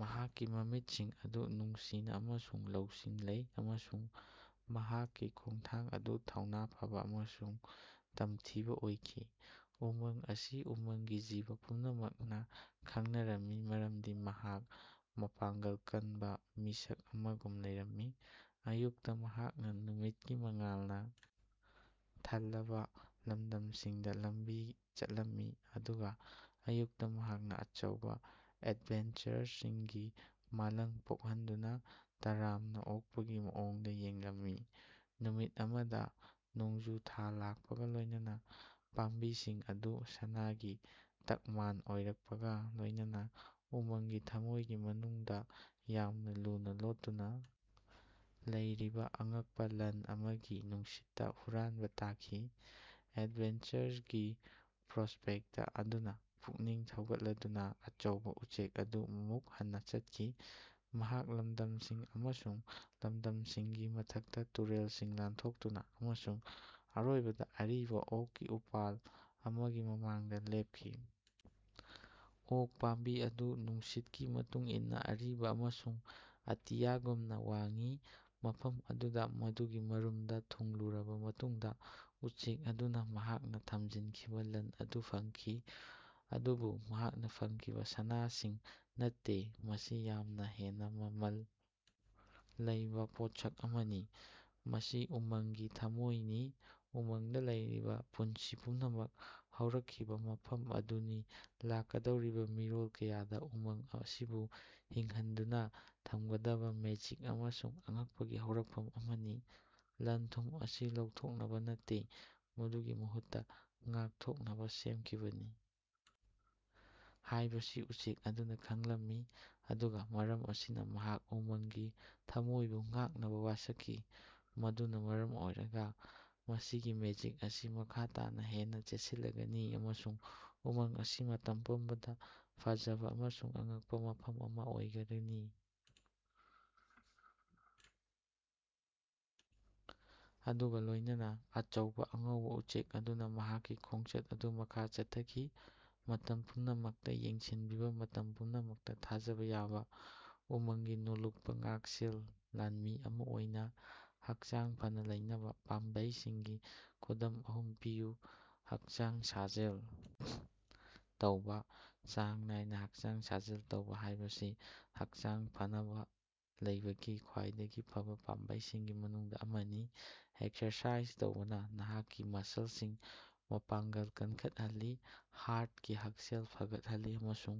ꯃꯍꯥꯛꯀꯤ ꯃꯃꯤꯠꯁꯤꯡ ꯑꯗꯨ ꯅꯨꯡꯁꯤꯅ ꯑꯃꯁꯨꯡ ꯂꯧꯁꯤꯡ ꯂꯩ ꯑꯃꯁꯨꯡ ꯃꯍꯥꯛꯀꯤ ꯈꯣꯡꯊꯥꯡ ꯑꯗꯨ ꯊꯧꯅꯥ ꯐꯕ ꯑꯃꯁꯨꯡ ꯇꯝꯊꯤꯕꯥ ꯑꯣꯏꯈꯤ꯫ ꯎꯃꯪ ꯑꯁꯤ ꯎꯃꯪꯒꯤ ꯖꯤꯕ ꯄꯨꯝꯅꯃꯛꯅ ꯈꯪꯅꯔꯝꯃꯤ ꯃꯔꯝꯗꯤ ꯃꯍꯥꯛ ꯃꯄꯥꯡꯒꯜ ꯀꯟꯕ ꯃꯤꯁꯛ ꯑꯃꯒꯨꯝ ꯂꯩꯔꯝꯃꯤ꯫ ꯑꯌꯨꯛꯇ ꯃꯍꯥꯛꯅ ꯅꯨꯃꯤꯠꯀꯤ ꯃꯉꯥꯜꯅ ꯊꯜꯂꯕ ꯂꯝꯗꯝꯁꯤꯡꯗ ꯂꯝꯕꯤ ꯆꯠꯂꯝꯃꯤ ꯑꯗꯨꯒ ꯑꯌꯨꯛꯇ ꯃꯍꯥꯛꯅ ꯑꯆꯧꯕ ꯑꯦꯗꯚꯦꯟꯆꯔꯁꯤꯡꯒꯤ ꯃꯪꯂꯥꯡ ꯄꯣꯛꯍꯟꯗꯨꯅ ꯇꯔꯥꯝꯅ ꯑꯣꯛꯄꯒꯤ ꯃꯑꯣꯡꯗ ꯌꯦꯡꯂꯝꯃꯤ꯫ ꯅꯨꯃꯤꯠ ꯑꯃꯗ ꯅꯣꯡꯖꯨ ꯊꯥ ꯂꯥꯛꯄꯒ ꯂꯣꯢꯅꯅ ꯄꯥꯝꯕꯤꯁꯤꯡ ꯑꯗꯨ ꯁꯅꯥꯒꯤ ꯇꯛꯃꯥꯟ ꯑꯣꯏꯔꯛꯄꯒ ꯂꯣꯢꯅꯅꯥ ꯎꯃꯪꯒꯤ ꯊꯝꯃꯣꯢꯒꯤ ꯃꯅꯨꯡꯗ ꯌꯥꯝꯅ ꯂꯨꯅ ꯂꯣꯠꯇꯨꯅ ꯂꯩꯔꯤꯕ ꯑꯉꯛꯄ ꯂꯟ ꯑꯃꯒꯤ ꯅꯨꯡꯁꯤꯠꯇꯥ ꯍꯨꯔꯥꯟꯕ ꯇꯥꯈꯤ꯫ ꯑꯦꯗꯚꯦꯟꯆꯔꯒꯤ ꯄ꯭ꯔꯣꯁꯄꯦꯛꯇ ꯑꯗꯨꯅꯥ ꯄꯨꯛꯅꯤꯡ ꯊꯧꯒꯠꯂꯗꯨꯅꯥ ꯑꯆꯧꯕꯥ ꯎꯆꯦꯛ ꯑꯗꯨ ꯑꯃꯨꯛ ꯍꯟꯅꯥ ꯆꯠꯈꯤ꯫ ꯃꯍꯥꯛ ꯂꯝꯗꯝꯁꯤꯡ ꯑꯃꯁꯨꯡ ꯂꯝꯗꯝꯁꯤꯡꯒꯤ ꯃꯊꯛꯇ ꯇꯨꯔꯦꯜꯁꯤꯡ ꯂꯥꯟꯊꯣꯛꯇꯨꯅ ꯑꯃꯁꯨꯡ ꯑꯔꯣꯏꯕꯗ ꯑꯔꯤꯕ ꯑꯣꯛꯀꯤ ꯎꯄꯥꯜ ꯑꯃꯒꯤ ꯃꯃꯥꯡꯗ ꯂꯦꯞꯈꯤ꯫ ꯑꯣꯛ ꯄꯥꯝꯕꯤ ꯑꯗꯨ ꯅꯨꯡꯁꯤꯠꯀꯤ ꯃꯇꯨꯡ ꯏꯟꯅ ꯑꯔꯤꯕ ꯑꯃꯁꯨꯡ ꯑꯇꯤꯌꯥꯒꯨꯝꯅ ꯋꯥꯡꯏ ꯃꯐꯝ ꯑꯗꯨꯗ ꯃꯗꯨꯒꯤ ꯃꯔꯨꯝꯗ ꯊꯨꯡꯂꯔꯕ ꯃꯇꯨꯡꯗ ꯎꯆꯦꯛ ꯑꯗꯨꯅ ꯃꯍꯥꯛꯅ ꯊꯝꯖꯤꯟꯈꯤꯕ ꯂꯟ ꯑꯗꯨ ꯐꯪꯈꯤ꯫ ꯑꯗꯨꯕꯨ ꯃꯍꯥꯛꯅ ꯐꯪꯈꯤꯕ ꯁꯅꯥ ꯁꯤꯡ ꯅꯠꯇꯦ ꯃꯁꯤ ꯌꯥꯝꯅ ꯍꯦꯟꯅ ꯃꯃꯜ ꯂꯩꯕꯥ ꯄꯣꯠꯁꯛ ꯑꯃꯅꯤ꯫ ꯃꯁꯤ ꯎꯃꯪꯒꯤ ꯊꯃꯣꯏꯅꯤ ꯎꯃꯪꯗꯥ ꯂꯩꯔꯤꯕꯥ ꯄꯨꯟꯁꯤ ꯄꯨꯝꯅꯃꯛ ꯍꯧꯔꯛꯈꯤꯕ ꯃꯐꯝ ꯑꯗꯨꯅꯤ ꯂꯥꯛꯀꯗꯧꯔꯤꯕꯥ ꯃꯤꯔꯣꯜ ꯀꯌꯥꯗ ꯎꯃꯪ ꯑꯁꯤꯕꯨ ꯍꯤꯡꯍꯟꯗꯨꯅ ꯊꯝꯒꯗꯕ ꯃꯦꯖꯤꯛ ꯑꯃꯁꯨꯡ ꯑꯉꯛꯄꯒꯤ ꯍꯧꯔꯛꯐꯝ ꯑꯃꯅꯤ꯫ ꯂꯟ-ꯊꯨꯝ ꯑꯁꯤ ꯂꯧꯊꯣꯛꯅꯕ ꯅꯠꯇꯦ ꯃꯗꯨꯒꯤ ꯃꯍꯨꯠꯇ ꯉꯥꯛꯊꯣꯛꯅꯕ ꯁꯦꯝꯈꯤꯕꯅꯤ ꯍꯥꯢꯕꯁꯤ ꯎꯆꯦꯛ ꯑꯗꯨꯅ ꯈꯪꯂꯝꯃꯤ꯫ ꯑꯗꯨꯒ ꯃꯔꯝ ꯑꯁꯤꯅ ꯃꯍꯥꯛꯅ ꯎꯃꯪꯒꯤ ꯊꯝꯃꯣꯢꯕꯨ ꯉꯥꯛꯅꯕ ꯋꯥꯁꯛꯈꯤ ꯃꯗꯨꯅ ꯃꯔꯝ ꯑꯣꯏꯔꯒ ꯃꯁꯤꯒꯤ ꯃꯦꯖꯤꯛ ꯑꯁꯤ ꯃꯈꯥ ꯇꯥꯅ ꯍꯦꯟꯅ ꯆꯦꯛꯁꯤꯜꯂꯒꯅꯤ ꯑꯃꯁꯨꯡ ꯎꯃꯪ ꯑꯁꯤ ꯃꯇꯝ ꯄꯨꯝꯅꯃꯛꯇ ꯐꯖꯕ ꯑꯃꯁꯨꯡ ꯑꯉꯛꯄ ꯃꯐꯝ ꯑꯃ ꯑꯣꯏꯒꯗꯅꯤ꯫ ꯑꯗꯨꯒ ꯂꯣꯢꯅꯅ ꯑꯆꯧꯕ ꯑꯉꯧꯕ ꯎꯆꯦꯛ ꯑꯗꯨꯅ ꯃꯍꯥꯛꯀꯤ ꯈꯣꯡꯆꯠ ꯑꯗꯨ ꯃꯈꯥ ꯆꯠꯊꯈꯤ ꯃꯇꯝ ꯄꯨꯝꯅꯃꯛꯇ ꯌꯦꯡꯁꯤꯟꯕꯤꯕ ꯃꯇꯝ ꯄꯨꯝꯅꯃꯛꯇ ꯊꯥꯖꯕ ꯌꯥꯕ ꯎꯃꯪꯒꯤ ꯅꯣꯜꯂꯨꯛꯄ ꯉꯥꯛꯁꯦꯜ ꯂꯥꯟꯃꯤ ꯑꯃꯥ ꯑꯣꯏꯅ꯫ ꯍꯛꯆꯥꯡ ꯐꯅ ꯂꯩꯅꯕ ꯄꯥꯝꯕꯩꯁꯤꯡꯒꯤ ꯈꯨꯗꯝ ꯑꯍꯨꯝ ꯄꯤꯌꯨ꯫ ꯍꯛꯆꯥꯡ ꯁꯥꯖꯦꯜ ꯇꯧꯕꯥ: ꯆꯥꯡ ꯅꯥꯏꯅ ꯍꯛꯆꯥꯡ ꯁꯥꯖꯦꯜ ꯇꯧꯕꯥ ꯍꯥꯢꯕꯁꯤ ꯍꯛꯆꯥꯡ ꯐꯅꯥꯕ ꯂꯩꯅꯕꯒꯤ ꯈ꯭ꯋꯥꯏꯗꯒꯤ ꯐꯕ ꯄꯥꯝꯕꯩꯁꯤꯡꯒꯤ ꯃꯅꯨꯡꯗ ꯑꯃꯅꯤ꯫ ꯑꯦꯛꯁꯔꯁꯥꯏꯖ ꯇꯧꯕꯅ ꯅꯍꯥꯛꯀꯤ ꯃꯁꯜꯁꯤꯡ ꯃꯄꯥꯡꯒꯜ ꯀꯟꯈꯠꯍꯜꯂꯤ ꯍꯥꯔꯇꯀꯤ ꯍꯛꯁꯦꯜ ꯐꯒꯠꯍꯜꯂꯤ ꯑꯃꯁꯨꯡ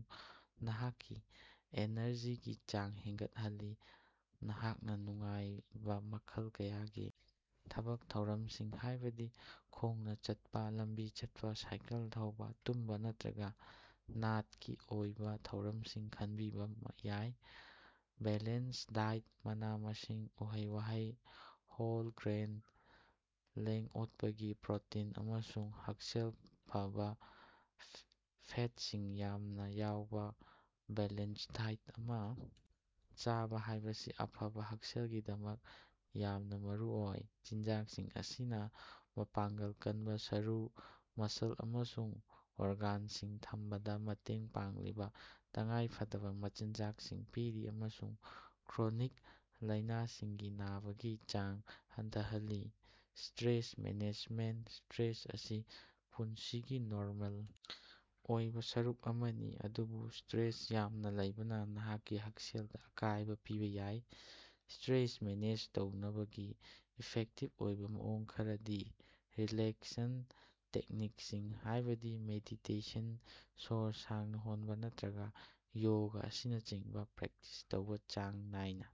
ꯅꯍꯥꯛꯀꯤ ꯑꯦꯅꯔꯖꯤꯒꯤ ꯆꯥꯡ ꯍꯦꯟꯒꯠꯍꯜꯂꯤ꯫ ꯅꯍꯥꯛꯅ ꯅꯨꯡꯉꯥꯏꯕ ꯃꯈꯜ ꯀꯌꯥꯒꯤ ꯊꯕꯛ ꯊꯧꯔꯝꯁꯤꯡ ꯍꯥꯢꯕꯗꯤ ꯈꯣꯡꯅꯥ ꯆꯠꯄ ꯂꯝꯕꯤ ꯆꯠꯄꯥ, ꯁꯥꯏꯀꯜ ꯊꯧꯕꯥ, ꯇꯨꯝꯕꯥ ꯅꯠꯇ꯭ꯔꯒ ꯅꯥꯠꯀꯤ ꯑꯣꯏꯕ ꯊꯧꯔꯝꯁꯤꯡ ꯈꯟꯕꯤꯕ ꯌꯥꯏ꯫ ꯕꯦꯂꯦꯟꯁ ꯗꯥꯏꯠ: ꯃꯅꯥ-ꯃꯁꯤꯡ, ꯎꯍꯩ-ꯋꯥꯍꯩ, ꯍꯣꯜ ꯒ꯭ꯔꯦꯟ, ꯂꯦꯡ-ꯑꯣꯠꯄꯒꯤ ꯄ꯭ꯔꯣꯇꯤꯟ ꯑꯃꯁꯨꯡ ꯍꯛꯁꯦꯜ ꯐꯕ ꯐꯦꯠꯁꯤꯡ ꯌꯥꯝꯅ ꯌꯥꯎꯕ ꯕꯦꯂꯦꯟꯁ ꯗꯥꯏꯠ ꯑꯃ ꯆꯥꯕ ꯍꯥꯢꯕꯁꯤ ꯑꯐꯕ ꯍꯛꯁꯦꯜꯒꯤꯗꯃꯛ ꯌꯥꯝꯅ ꯃꯔꯨꯑꯣꯏ꯫ ꯆꯤꯟꯖꯥꯛꯁꯤꯡ ꯑꯁꯤꯅ ꯃꯄꯥꯡꯒꯜ ꯀꯟꯕ ꯁꯔꯨ, ꯃꯁꯜ ꯑꯃꯁꯨꯡ ꯑꯣꯔꯒꯥꯟꯁꯤꯡ ꯊꯝꯕꯗ ꯃꯇꯦꯡ ꯄꯥꯡꯂꯤꯕ ꯇꯉꯥꯏꯐꯗꯕ ꯃꯆꯤꯟꯖꯥꯛꯁꯤꯡ ꯄꯤꯔꯤ ꯑꯃꯁꯨꯡ ꯀ꯭ꯔꯣꯅꯤꯛ ꯂꯥꯢꯅꯁꯤꯡꯒꯤ ꯅꯕꯒꯤ ꯆꯥꯡ ꯍꯟꯊꯍꯜꯂꯤ꯫ ꯁ꯭ꯇꯔꯦꯁ ꯃꯦꯅꯦꯖꯃꯦꯟꯇ: ꯁꯇ꯭ꯔꯦꯁ ꯑꯁꯤ ꯄꯨꯟꯁꯤꯒꯤ ꯅꯣꯔꯃꯦꯜ ꯑꯣꯏꯕ ꯁꯔꯨꯛ ꯑꯃꯅꯤ ꯑꯗꯨꯕꯨ ꯁꯇ꯭ꯔꯦꯁ ꯌꯥꯝꯅ ꯂꯩꯕꯅꯥ ꯅꯍꯥꯛꯀꯤ ꯍꯛꯁꯦꯜꯗ ꯑꯀꯥꯢꯕ ꯄꯤꯕꯥ ꯌꯥꯏ꯫ ꯁꯇ꯭ꯔꯦꯁ ꯃꯦꯅꯦꯖ ꯇꯧꯅꯕꯒꯤ ꯏꯐꯦꯛꯇꯤꯚ ꯑꯣꯏꯕ ꯃꯑꯣꯡ ꯈꯔꯗꯤ ꯔꯤꯂꯦꯛꯁꯟ ꯇꯦꯛꯅꯤꯛꯁꯤꯡ ꯍꯥꯢꯕꯗꯤ ꯃꯦꯗꯤꯇꯦꯁꯟ, ꯁꯣꯔ ꯁꯥꯡꯅ ꯍꯣꯟꯕ ꯅꯠꯇ꯭ꯔꯒ ꯌꯣꯒꯥ ꯑꯁꯤꯅꯆꯤꯡꯕ ꯄ꯭ꯔꯦꯛꯇꯤꯁ ꯇꯧꯕꯥ ꯆꯥꯡ ꯅꯥꯏꯅ